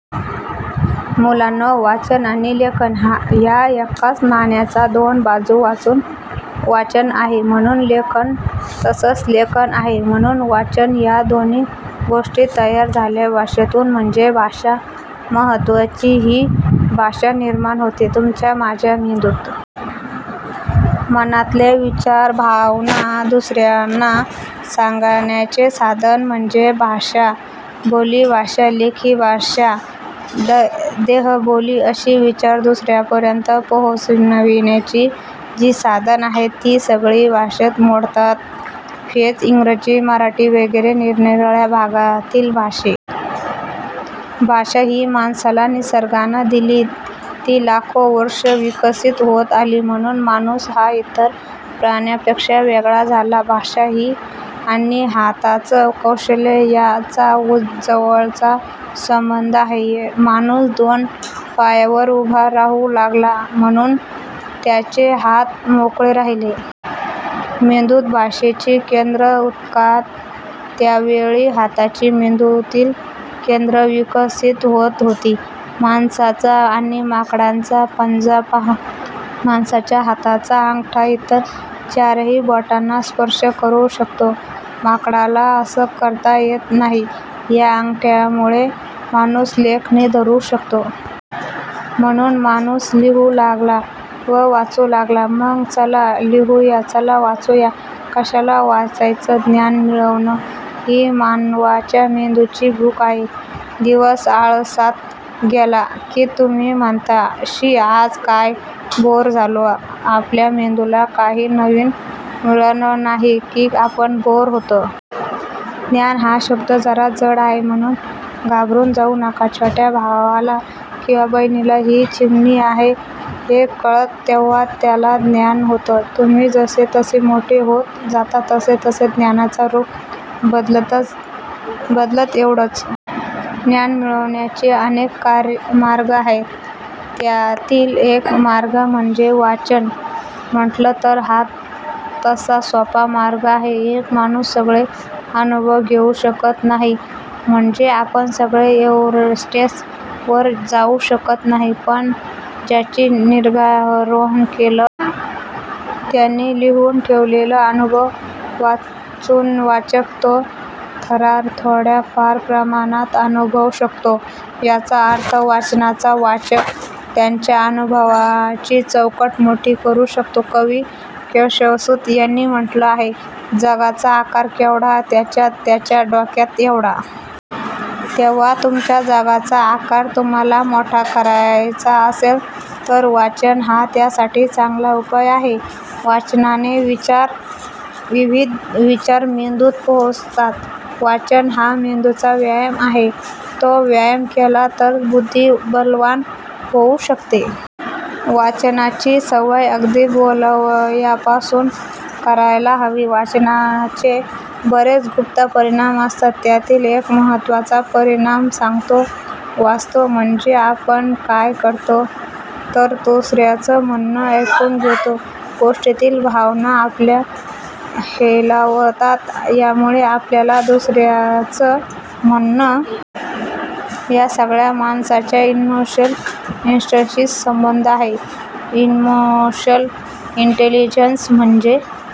मुलांनो, वाचन आणि लेखन या एकाच नाण्याच्या दोन बाजू. वाचन आहे म्हणून लेखन तसंच लेखन आहे म्हणून वाचन. या दोन्ही गोष्टी तयार झाल्या भाषेतून. म्हणजे भाषा महत्त्वाची. ही भाषा निर्माण होते तुमच्या माझ्या मेंदूत. मनातले विचार, भावना दुसऱ्यांना सांगण्याचं साधन म्हणजे भाषा. बोलीभाषा, लेखीभाषा, हस्तकला, चित्रकला, शिल्पकला, अभिनयकला, देहबोली अशी विचार दुसऱ्यांपर्यंत पोहोचविण्याची जी साधनं आहेत ती सगळी भाषेत मोडतात. फ्रेंच, इंग्रजी, मराठी वगैरे निरनिराळ्या भागातील भाषेची रूपं आहेत. भाषा ही माणसाला निसर्गानं दिली. ती लाखो वर्षं विकसित होत आली म्हणून माणूस हा इतर प्राण्यांपेक्षा वेगळा झाला. भाषा आणि हातांचं कौशल्य यांचा जवळचा संबंध आहे. माणूस दोन पायांवर उभा राहू लागला म्हणून त्याचे हात मोकळे राहिले. मेंदूत भाषेची केंद्रं उत्क्रांत त्यावेळी हाताची मेंदूतील केंद्रं विकसित होत होती. माणसाचा आणि माकडांचा पंजा पहा. माणसाच्या हाताचा अंगठा इतर चारही बोटांना स्पर्श करू शकतो. माकडाला असं करता येत नाही. या अंगठ्यामुळे माणूस लेखणी धरू शकतो. म्हणून माणूस लिहू लागला व वाचू लागला. मग चला लिहूया चला वाचूया. कशाला वाचायचं ज्ञान मिळवणं ही मानवाच्या मेंदूची भूक आहे. दिवस आळसात गेला की तुम्ही म्हणता, 'शी; आज काय बोअर झालो' आपल्या मेंदूला काही नवीन मिळालं नाही की आपण बोअर होतो. 'ज्ञान' हा शब्द जरा जड आहे म्हणून घाबरून जाऊ नका. छोट्या भावाला किंवा बहिणीला ही चिमणी आहे हे कळतं तेव्हा त्याला ज्ञान होतं. तुम्ही जसजसे मोठे होत जाता तसतसं ज्ञानाचं रूप बदलतं एवढंच. ज्ञान मिळवण्याचे अनेक मार्ग आहेत त्यातील एक मार्ग म्हणजे वाचन. म्हटलं तर हा तसा सोपा मार्ग आहे. एक माणूस सगळे अनुभव घेऊ शकत नाही म्हणजे आपण सगळे एव्हरेस्टवर जाऊ शकत नाही. पण ज्यांनी गिर्यारोहण केलं आहे. त्यांनी लिहून ठेवलेले अनुभव वाचून वाचक तो थरार थोड्याफार प्रमाणात अनुभवू शकतो. याचा अर्थ वाचनानं वाचक त्याच्या अनुभवाची चौकट मोठी करू शकतो. कवी केशवसूत यांनी म्हटलं आहे 'जगाचा आकार केवढा/ ज्याच्या त्याच्या डोक्यात एवढा'. तेव्हा तुमच्या जगाचा आकार तुम्हाला मोठा करायचा असेल तर वाचन हा त्यासाठी चांगला उपाय आहे. वाचनाने विविध विचार मेंदूत पोहोचतात. वाचन हा मेंदूचा व्यायाम आहे. तो व्यायाम केला तर बुद्धी बलवान होऊ शकते. वाचनाची सवय अगदी बालवयापासून करायला हवी. वाचनाचे बरेच गुप्त परिणाम असतात. त्यातील एक महत्त्वाचा परिणाम सांगतो. वाचतो म्हणजे आपण काय करतो तर दुसऱ्याचं म्हणणं ऐकून घेतो. गोष्टीतील भावना आपल्याला हेलावतात. यामुळे आपल्याला दुसऱ्याचं म्हणणं ऐकून घेण्याची सवय होते. या सगळ्याचा माणसाच्या 'इमोशनल इंटेलिजन्सशी' संबंध आहे. इमोशनल इंटेलिजन्स म्हणजे